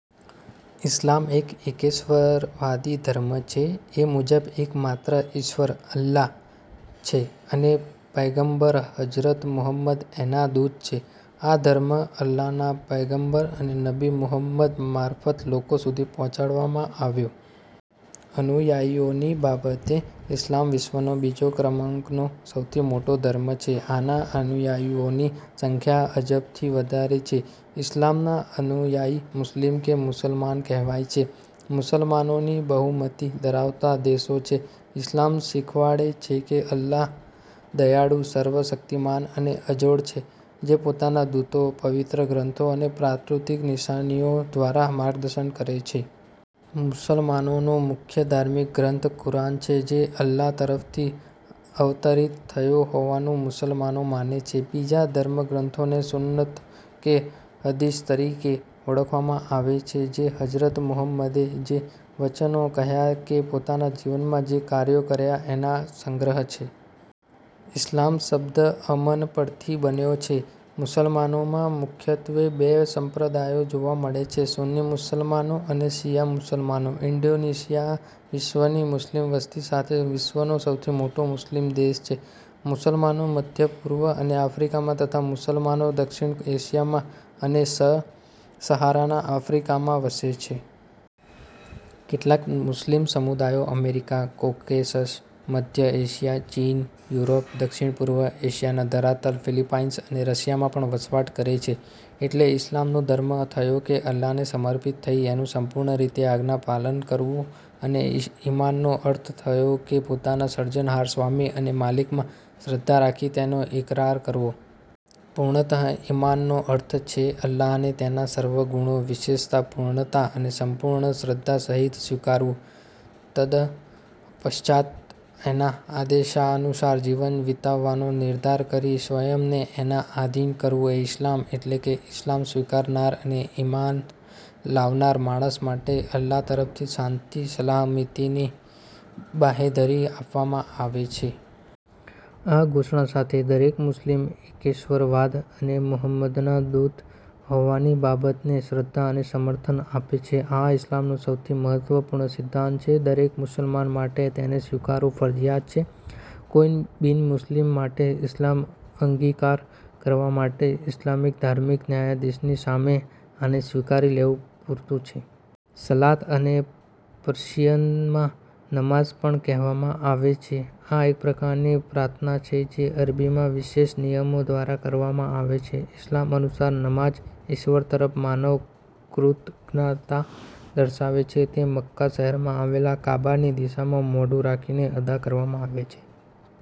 ઇસ્લામ એક એકેશ્વરવાદી ધર્મ છે એ મુજબ એક માત્ર ઈશ્વર " અલ્લાહ " છે અને પયગંબર હજરત મુહમ્મદ એના દૂત છે. આ ધર્મ અલ્લાહના પયગંબર અને નબી મુહંમદ મારફત લોકો સુધી પહોંચાડવામાં આવ્યો. અનુયાયીઓની બાબતે ઇસ્લામ વિશ્વનો બીજા ક્રમનો સૌથી મોટો ધર્મ છે. આના અનુયાયીઓની સંખ્યા અબજથી વધારે છે, ઇસ્લામના અનુયાયી મુસ્લિમ કે મુસલમાન કહેવાય છે. મુસલમાનોની બહુમતી ધરાવતા દેશો છે. ઇસ્લામ શીખવાડે છે કે અલ્લાહ દયાળુ, સર્વ શક્તિમાન અને અજોડ છે જે પોતાના દૂતો, પવિત્ર ગ્રંથો અને પ્રાકૃતિક નિશાનીઓ દ્વારા માર્ગદશન કરે છે. મુસલમાનોનો મુખ્ય ધાર્મિક ગ્રંથ કુરાન છે જે અલ્લાહ તરફથી અવતરિત થયો હોવાનું મુસલમાનો માને છે. બીજા ધર્મગ્રંથોને સુન્નત કે હદીસ તરીકે ઓળખવામાં આવે છે, જે હજરત મુહમ્મદે જે વચનો કહ્યાં કે પોતાના જીવનમાં જે કાર્યો કર્યા એના સંગ્રહ છે. ઇસ્લામ શબ્દ અ-મ-ન પરથી બન્યો છે. મુસલમાનોમાં મુખ્યત્વે બે સંપ્રદાયો જોવા મળે છે. સુન્ની મુસલમાનો અને શિયા મુસલમાનો. ઇન્ડોનેશિયા વિશ્વનની મુસ્લિમ વસ્તી સાથે વિશ્વનો સૌથી મોટો મુસ્લિમ દેશ છે. મુસલમાનો મધ્ય-પૂર્વ અને આફ્રિકામાં તથા મુસલમાનો દક્ષિણ એશિયા માં અને સબ-સહારાના આફ્રિકામાં વસે છે. કેટલાક મુસ્લિમ સમૂદાયો અમેરિકા, કોકેસસ, મધ્ય એશિયા, ચીન, યુરોપ, દક્ષિણ પૂર્વ એશિયાના ધરાતલ, ફિલીપાઈન્સ અને રશિયામાં પણ વસવાટ કરે છે. એટલે ઇસ્લામનો અર્થ થયો કે અલ્લાહને સમર્પિત થઈ એનું સંપૂર્ણ રીતે આજ્ઞાપાલન કરવું અને ઈમાનનો અર્થ થયો કે પોતાના સર્જનહાર, સ્વામી અને માલિકમાં શ્રદ્ધા રાખી તેનો એકરાર કરવો. પૂર્ણતઃ ઈમાનનો અર્થ છે અલ્લાહને તેના સર્વગુણો, વિશેષતા, પૂર્ણતા અને સંપૂર્ણ શ્રદ્ધા સહિત સ્વીકારવું. તદ્ પશ્ચાત એના આદેશાનુસાર જીવન વિતાવવાનો નિર્ધાર કરી સ્વંયને એના આઘીન કરવું એ ઇસ્લામ. એટલે કે ઇસ્લામ સ્વીકારનાર અને ઈમાન લાવનાર માણસ માટે અલ્લાહ તરફથી શાંતિ સલામતીની બાંહેધરી આપવામાં આવે છે. આ ઘોષણા સાથે, દરેક મુસ્લિમ એકેશ્વરવાદ અને મોહમ્મદના દૂત હોવાની બાબતને શ્રદ્ધા અને સમર્થન આપે છે. આ ઇસ્લામનો સૌથી મહત્વપૂર્ણ સિદ્ધાંત છે. દરેક મુસલમાન માટે તેને સ્વીકારવું ફરજિયાત છે. કોઈ બિનમુસ્લિમ માટે ઇસ્લામ અંગીકાર કરવા માટે ઇસ્લામિક ધાર્મિક ન્યાયાધીશની સામે આને સ્વીકારી લેવું પૂરતું છે. સલાત આને પર્શિયનમાં નમાઝ પણ કહેવામાં આવે છે. આ એક પ્રકારની પ્રાર્થના છે જે અરબીમાં વિશેષ નિયમો દ્વારા કરવામાં આવે છે. ઇસ્લામ અનુસાર, નમાઝ ઈશ્વર તરફ માનવ કૃતજ્ઞતા દર્શાવે છે. તે મક્કા શહેરમાં આવેલા કાબાની દિશામાં મોઢું રાખીને અદા કરવામાં આવે છે.